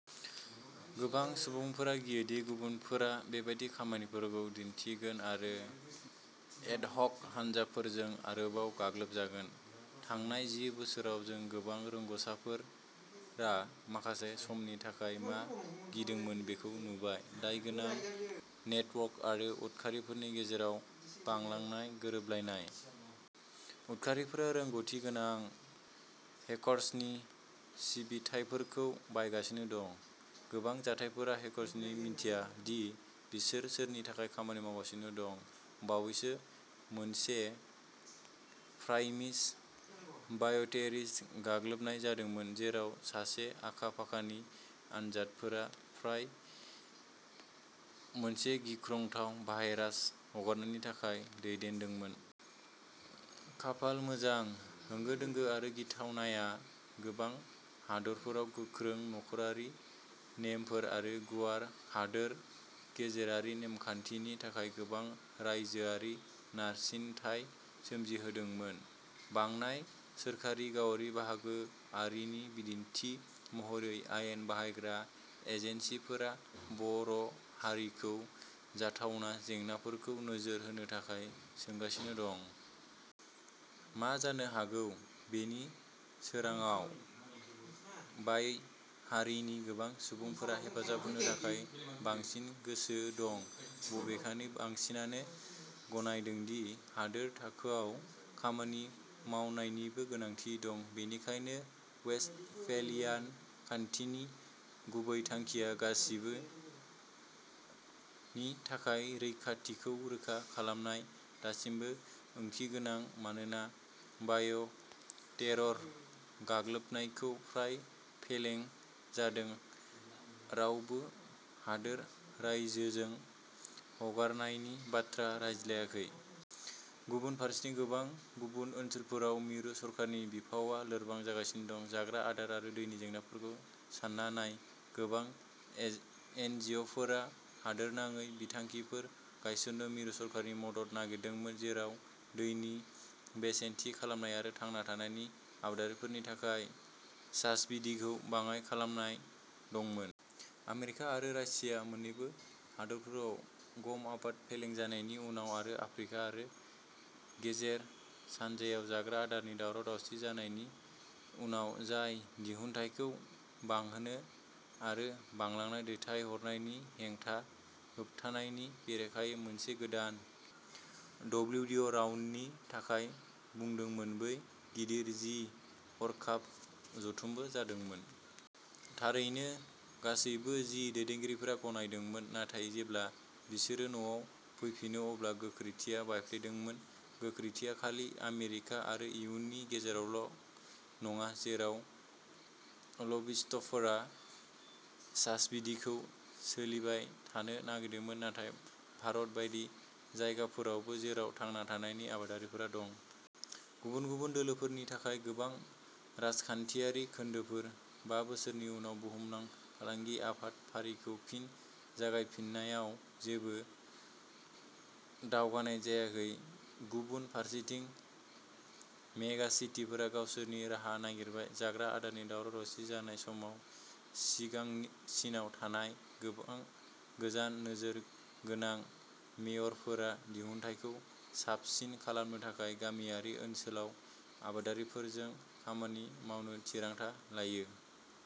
गोबां सुबुंफोरा गियो दि गुबुनफोरा बेबादि खामानिफोरखौ दिन्थिगोन आरो एडहक हानजाफोरजों आरोबाव गाग्लोबजागोन। थांनाय जि बोसोराव जों गोबां रोंग'साफोरा माखासे समनि थाखाय मा गिदोंमोन बेखौ नुबायः दायगोनां नेटवर्क आरो उदखारिफोरनि गेजेराव बांलांनाय गोरोबलायनाय। उदखारिफोरा रोंग'थिगोनां हेकर्सनि सिबिथायफोरखौ बायगासिनो दं। गोबां जाथायफोरा हेकर्सआ मिन्थिया दि बिसोर सोरनि थाखाय खामानि मावगासिनो दं। बावैसो मोनसे फ्राय-मिस बाय'टेररिस्ट गाग्लोबनाय जादोंमोन, जेराव सासे आखा-फाखानि आनजादफोरा फ्राय मोनसे गिख्रंथाव भाइरास हगारनायनि थाखाय दैदेनदोंमोन। खाफाल मोजां, होंगो दोंगो आरो गिथावनाया गोबां हादोरफोराव गोख्रों नखरारि नेमफोर आरो गुवार हादोर गेजेरारि नेमखान्थिनि थाखाय गोबां रायजोआरि नारसिनथाय सोमजिहोदोंमोन। बांनाय सोरखारि-गावारि बाहागोआरिनि बिदिन्थि महरै, आयेन बाहायग्रा एजेन्सिफोरा बार'हारिखौ जाथावना जेंनाफोरखौ नोजोर होनो थाखाय सोंगासिनो दं। मा जानो हागौ बिनि सोरांआव, बाय'हारिनि गोबां सुबुंफोरा हेफाजाब होनो थाखाय बांसिन गोसो दं। बबेखानि, बांसिनानो गनायदों दि हादोर थाखोआव खामानि मावनायनिबो गोनांथि दं। बेनिखायनो, वेस्टफेलियान खान्थिनि गुबै थांखिया-गासिबोनि थाखाय रैखाथिखौ रोखा खालामनाय दासिमबो ओंथिगोनां; मानोना बाय'टेरर गाग्लोबनायखौ फ्राय फेलें जादों, रावबो हादोर-रायजोजों हगारनायनि बाथ्रा रायज्लायाखै। गुबुन फारसेथिं, गोबां गुबुन ओनसोलफोराव, मिरु सरकारनि बिफावआ लोरबां जागासिनो दं। जाग्रा आदार आरो दैनि जेंनाफोरखौ सान्ना नाय। गोबां एन एनजिअ'फोरा हादोरनाङै बिथांखिफोर गायसननो मिरु सरकारनि मदद नागिरदोंमोन, जेराव दैनि बेसेन थि खालामनाय आरो थांना थानायनि आबादारिफोरनि थाखाय साब्सिडीखौ बाङाइ खालामनाय दंमोन। आमेरिका आरो रासिया मोन्नैबो हादोरफोराव गम आबाद फेलें जानायनि उनाव आरो आफ्रिका आरो गेजेर सानजायाव जाग्रा आदारनि दावराव-दावसि जानायनि उनाव-जाय दिहुनथायखौ बांहोनो आरो बांलांनाय दैथायहरनायनि हेंथा होबथानायनि बेरेखायै मोनसे गोदान डब्लिउटिअ'राउन्डनि थाखाय बुंदोंमोन-बै गिदिर जि- हरखाब जथुमबो जादोंमोन। थारैनो, गासैबो जि- दैदेनगिरिफोरा गनायदोंमोन, नाथाय जेब्ला बिसोरो न'आव फैफिनो, अब्ला गोख्रैथिया बायफ्लेदोंमोन। गोख्रैथिया खालि आमेरिका आरो इयुनि गेजेरावल'नङा, जेराव लबिस्टफोरा साब्सिडीखौ सोलिबाय थानो नागिरदोंमोन, नाथाय भारत बायदि जायगाफोरावबो जेराव थांना थानायनि आबादारिफोरा दं। गुबुन गुबुन दोलोफोरनि थाखाय गोबां राजखान्थियारि खोन्दोफोर। बा बोसोरनि उनाव बुहुमनां फालांगि आफाद फारिखौ फिन जागायफिन्नायाव जेबो दावगानाय जायाखै। गुबुन फारसेथिं, मेगासिटिफोरा गावसोरनि राहा नागिरबाय। जाग्रा आदारनि दावराव-दावसि जानाय समाव सिगांसिनाव थानाय गोबां गोजान नोजोर गोनां मेयरफोरा दिहुनथायखौ साबसिन खालामनो थाखाय गामियारि ओनसोलाव आबादारिफोरजों खामानि मावनो थिरांथा लायो।